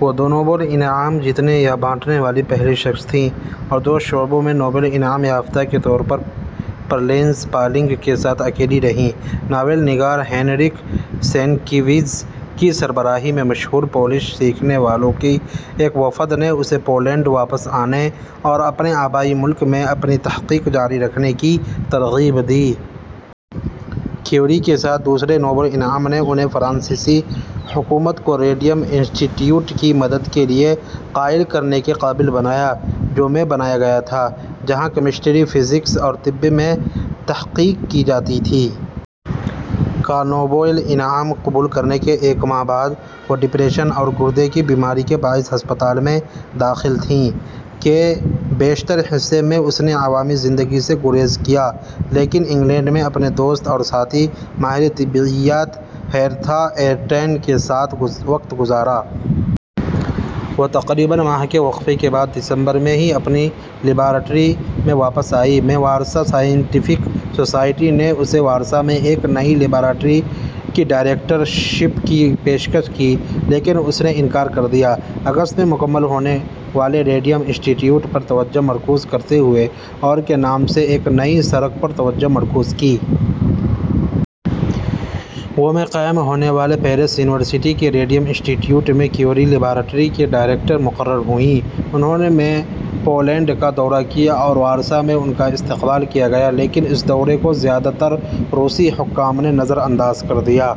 وہ دو نوبل انعام جیتنے یا بانٹنے والی پہلی شخص تھیں اور دو شعبوں میں نوبل انعام یافتہ کے طور پر لینس پالنگ کے ساتھ اکیلی رہیں۔ ناول نگار ہینریک سینکیوِکز کی سربراہی میں مشہور پولش سیکھنے والوں کے ایک وفد نے اسے پولینڈ واپس آنے اور اپنے آبائی ملک میں اپنی تحقیق جاری رکھنے کی ترغیب دی۔ کیوری کے دوسرے نوبل انعام نے انھیں فرانسیسی حکومت کو ریڈیم انسٹی ٹیوٹ کی مدد کے لیے قائل کرنے کے قابل بنایا، جو میں بنایا گیا تھا، جہاں کیمسٹری، فزکس اور طب میں تحقیق کی جاتی تھی۔ کا نوبل انعام قبول کرنے کے ایک ماہ بعد، وہ ڈپریشن اور گردے کی بیماری کے باعث ہسپتال میں داخل تھیں۔ کے بیشتر حصے میں، اس نے عوامی زندگی سے گریز کیا لیکن انگلینڈ میں اپنے دوست اور ساتھی ماہر طبیعیات، ہیرتھا ایرٹن کے ساتھ وقت گزارا۔ وہ تقریباً ماہ کے وقفے کے بعد دسمبر میں ہی اپنی لیبارٹری میں واپس آئی۔ میں وارسا سائنٹیفک سوسائٹی نے اسے وارسا میں ایک نئی لیبارٹری کی ڈائریکٹر شپ کی پیشکش کی لیکن اس نے انکار کر دیا، اگست میں مکمل ہونے والے ریڈیم انسٹی ٹیوٹ پر توجہ مرکوز کرتے ہوئے اور کے نام سے ایک نئی سڑک پر توجہ مرکوز کی۔ وہ میں قائم ہونے والے پیرس یونیورسٹی کے ریڈیم انسٹی ٹیوٹ میں کیوری لیبارٹری کی ڈائریکٹر مقرر ہوئیں۔ انھوں نے میں پولینڈ کا دورہ کیا اور وارسا میں ان کا استقبال کیا گیا لیکن اس دورے کو زیادہ تر روسی حکام نے نظر انداز کر دیا۔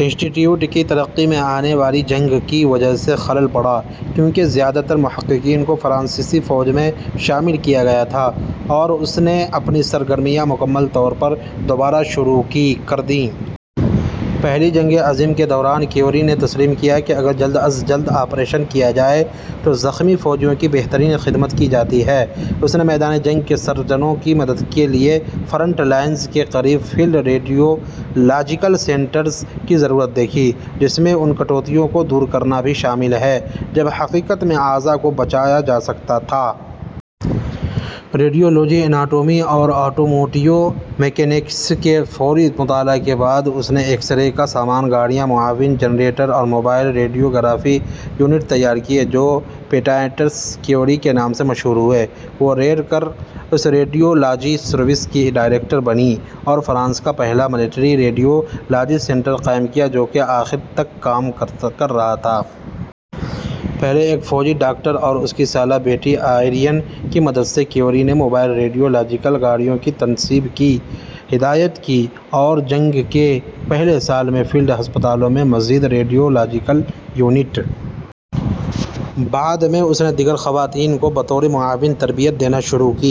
انسٹی ٹیوٹ کی ترقی میں آنے والی جنگ کی وجہ سے خلل پڑا، کیونکہ زیادہ تر محققین کو فرانسیسی فوج میں شامل کیا گیا تھا اور اس نے میں اپنی سرگرمیاں مکمل طور پر دوبارہ شروع کر دیں۔ پہلی جنگ عظیم کے دوران، کیوری نے تسلیم کیا کہ اگر جلد از جلد آپریشن کیا جائے تو زخمی فوجیوں کی بہترین خدمت کی جاتی ہے۔ اس نے میدان جنگ کے سرجنوں کی مدد کے لیے فرنٹ لائنز کے قریب فیلڈ ریڈیولاجیکل سینٹرز کی ضرورت دیکھی، جس میں ان کٹوتیوں کو دور کرنا بھی شامل ہے جب حقیقت میں اعضاء کو بچایا جا سکتا تھا۔ ریڈیولوجی، اناٹومی اور آٹوموٹیو میکینکس کے فوری مطالعہ کے بعد اس نے ایکسرے کا سامان، گاڑیاں، معاون جنریٹر اور موبائل ریڈیوگرافی یونٹ تیار کیے، جو پیٹائٹس کیوری کے نام سے مشہور ہوئے۔ وہ ریڈ کراس ریڈیولاجی سروس کی ڈائریکٹر بنیں اور فرانس کا پہلا ملٹری ریڈیولاجی سنٹر قائم کیا، جو کے آخر تک کام کر رہا تھا۔ پہلے ایک فوجی ڈاکٹر اور اس کی سالہ بیٹی آئرین کی مدد سے، کیوری نے موبائل ریڈیولاجیکل گاڑیوں کی تنصیب کی ہدایت کی۔ اور جنگ کے پہلے سال میں فیلڈ ہسپتالوں میں مزید ریڈیولاجیکل یونٹ۔ بعد میں، اس نے دیگر خواتین کو بطور معاون تربیت دینا شروع کی۔